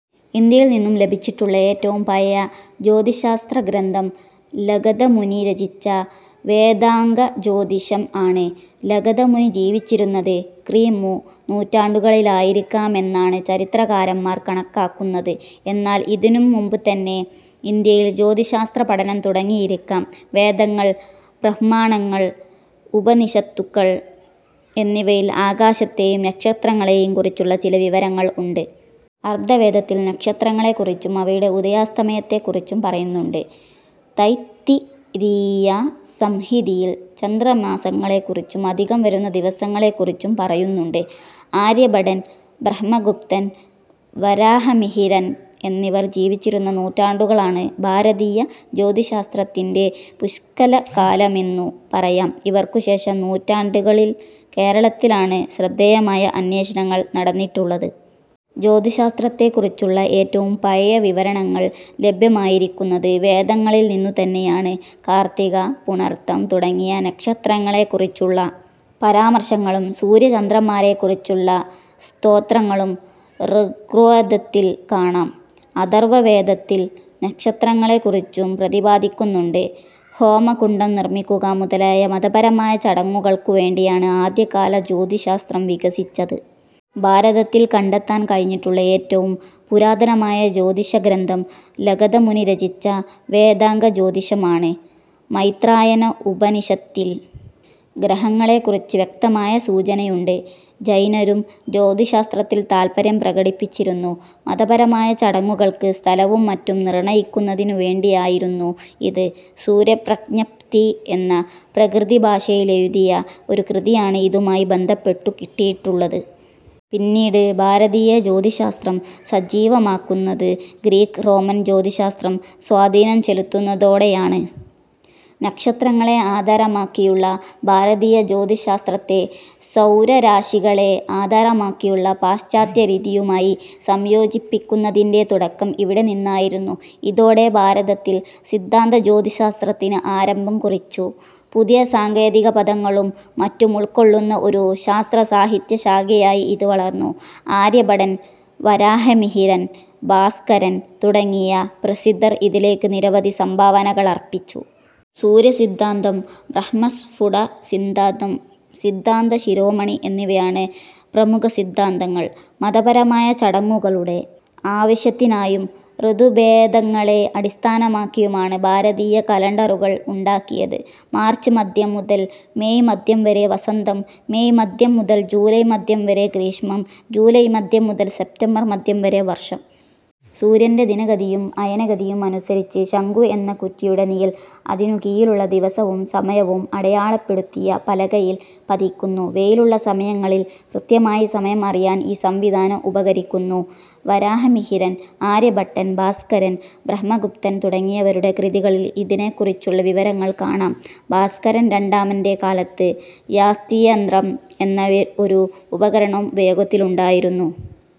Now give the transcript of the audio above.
ഇന്ത്യയിൽ നിന്നും ലഭിച്ചിട്ടുള്ള ഏറ്റവും പഴയ ജ്യോതിശാസ്ത്രഗ്രന്ഥം ലഗധമുനി രചിച്ച വേദാംഗജ്യോതിഷം ആണ്. ലഗധമുനി ജീവിച്ചിരുന്നത് ക്രി. മു. നൂറ്റാണ്ടുകളിലായിരിക്കാമെന്നാണ് ചരിത്രകാരന്മാർ കണക്കാക്കുന്നത്. എന്നാൽ ഇതിനും മുമ്പുതന്നെ ഇന്ത്യയിൽ ജ്യോതിശാസ്ത്ര പഠനം തുടങ്ങിയിരിക്കാം. വേദങ്ങൾ, ബ്രാഹ്മണങ്ങൾ, ഉപനിഷത്തുകൾ എന്നിവയിൽ ആകാശത്തെയും നക്ഷത്രങ്ങളെയും കുറിച്ചുള്ള ചില വിവരങ്ങൾ ഉണ്ട്. അഥർവ്വവേദത്തിൽ നക്ഷത്രങ്ങളെ കുറിച്ചും അവയുടെ ഉദയാസ്തമയത്തെ കുറിച്ചും പറയുന്നുണ്ട്. തൈത്തിരീയ സംഹിതയിൽ ചന്ദ്രമാസങ്ങളെ കുറിച്ചും അധികം വരുന്ന ദിവസങ്ങളെ കുറിച്ചും പറയുന്നുണ്ട്. ആര്യഭടൻ, ബ്രഹ്മഗുപ്തൻ, വരാഹമിഹിരൻ എന്നിവർ ജീവിച്ചിരുന്ന, നൂറ്റാണ്ടുകളാണ് ഭാരതീയ ജ്യോതിശാസ്ത്രത്തിന്റെ പുഷ്കലകാലമെന്നു പറയാം. ഇവർക്കു ശേഷം നൂറ്റാണ്ടുകളിൽ കേരളത്തിലാണ് ശ്രദ്ധേയമായ അന്വേഷണങ്ങൾ നടന്നിട്ടുള്ളത്. ജ്യോതിശാസ്ത്രത്തെ കുറിച്ചുള്ള ഏറ്റവും പഴയ വിവരണങ്ങൾ ലഭ്യമായിരിക്കുന്നത് വേദങ്ങളിൽ നിന്നു തന്നെയാണ്. കാർത്തിക, പുണർതം തുടങ്ങിയ നക്ഷത്രങ്ങളെ കുറിച്ചുള്ള പരാമർശങ്ങളും സൂര്യ ചന്ദ്രന്മാരെ കുറിച്ചുള്ള സ്തോത്രങ്ങളും ഋഗ്വേദത്തിൽ കാണാം. അഥർവ വേദത്തിൽ നക്ഷത്രങ്ങളെ കുറിച്ചും പ്രദിപാദിക്കുന്നുണ്ട്.. ഹോമകുണ്ഡം നിർമ്മിക്കുക മുതലായ മതപരമായ ചടങ്ങുകൾക്കു വേണ്ടിയാണ് ആദ്യകാല ജ്യോതിശാസ്ത്രം വികസിച്ചത്. ഭാരതത്തിൽ കണ്ടെത്താൻ കഴിഞ്ഞിട്ടുള്ള ഏറ്റവും പുരാതനമായ ജ്യോതിഷ ഗ്രന്ഥം ലഗധമുനി രചിച്ച വേദാംഗജ്യോതിഷം ആണ്. മൈത്രായന ഉപനിഷത്തിൽ ഗ്രഹങ്ങളെ കുറിച്ച് വ്യക്തമായ സൂചനയുണ്ട്. ജൈനരും ജ്യോതിശാസ്ത്രത്തിൽ താൽപര്യം പ്രകടിപ്പിച്ചിരുന്നു. മതപരമായ ചടങ്ങുകൾക്ക് സ്ഥലവും മറ്റും നിർണ്ണയിക്കുന്നതിനു വേണ്ടിയയിരുന്നു ഇത്. സൂര്യപ്രജ്ഞപ്തി എന്ന പ്രാകൃതഭാഷയിലെഴുതിയ ഒരു കൃതിയണ് ഇതുമായി ബന്ധപ്പെട്ടു കിട്ടിയിട്ടുള്ളത്. പിന്നീട് ഭാരതീയ ജ്യോതിശാസ്ത്രം സജ്ജീവമാകുന്നത് ഗ്രീക്ക്-റോമൻ ജ്യോതിശാസ്ത്രം സ്വാധീനം ചെലുത്തുന്നതോടെയാണ്. നക്ഷത്രങ്ങളെ ആധാരമാക്കിയുള്ള ഭാരതീയ ജ്യോതിശാസ്ത്രത്തെ സൗരരാശികളെ ആധാരമാക്കിയുള്ള പാശ്ചാത്യ രീതിയുമായി സംയോജിപ്പിക്കുന്നതിന്റെ തുടക്കം ഇവിടെ നിന്നായിരുന്നു. ഇതോടെ ഭാരതത്തിൽ സിദ്ധാന്തജ്യോതിശാസ്ത്രത്തിന് ആരംഭം കുറിച്ചു. പുതിയ സാങ്കേതികപദങ്ങളും മറ്റുമുൾക്കൊള്ളുന്ന ഒരു ശാസ്ത്രസാഹിത്യശാഖയായി ഇത് വളർന്നു. ആര്യഭടൻ, വരാഹമിഹിരൻ, ഭാസ്കരൻ, തുടങ്ങിയ പ്രസിദ്ധർ ഇതിലേക്ക് നിരവധി സംഭാവനകളർപ്പിച്ചു. സൂര്യസിദ്ധാന്തം, ബ്രഹ്മസ്ഫുടസിദ്ധാന്തം, സിദ്ധാന്ത ശിരോമണി എന്നിവയാണ് പ്രമുഖസിദ്ധാന്തങ്ങൾ. മതപരമായ ചടങ്ങുകളുടെ ആവശ്യത്തിനായും ഋതുഭേദങ്ങളെ അടിസ്ഥാനമാക്കിയുമാണ് ഭാരതീയ കലണ്ടറുകൾ ഉണ്ടാക്കിയത്. മാർച്ച് മദ്ധ്യം മുതൽ മെയ് മദ്ധ്യം വരെ വസന്തം. മെയ് മദ്ധ്യം മുതൽ ജൂലൈ മദ്ധ്യം വരെ ഗ്രീഷ്മം. ജൂലൈ മദ്ധ്യം മുതൽ സപ്റ്റംബർ മദ്ധ്യം വരെ വർഷം. സൂര്യന്റെ ദിനഗതിയും അയനഗതിയും അനുസരിച്ച് ശങ്കു എന്ന കുറ്റിയുടെ നിഴൽ അതിനുകീഴിലുള്ള, ദിവസവും സമയവും അടയാളപ്പെടുത്തിയ പലകയിൽ പതിയ്ക്കുന്നു. വെയിലുള്ള സമയങ്ങളിൽ കൃത്യമായി സമയം അറിയാൻ ഈ സംവിധാനം ഉപകരിക്കുന്നു. വരാഹമിഹിരൻ, ആര്യഭട്ടൻ, ഭാസ്കരൻ, ഭ്രഹ്മഗുപ്തൻ തുടങ്ങിയവരുടെ കൃതികളിൽ ഇതിനെ കുറിച്ചുള്ള വിവരണങ്ങൾ കാണാം. ഭാസ്കരൻ രണ്ടാമന്റെ കാലത്ത് യാസ്തിയന്ത്രം എന്ന ഒരു ഉപകരണം ഉപയോഗത്തിലുണ്ടായിരുന്നു.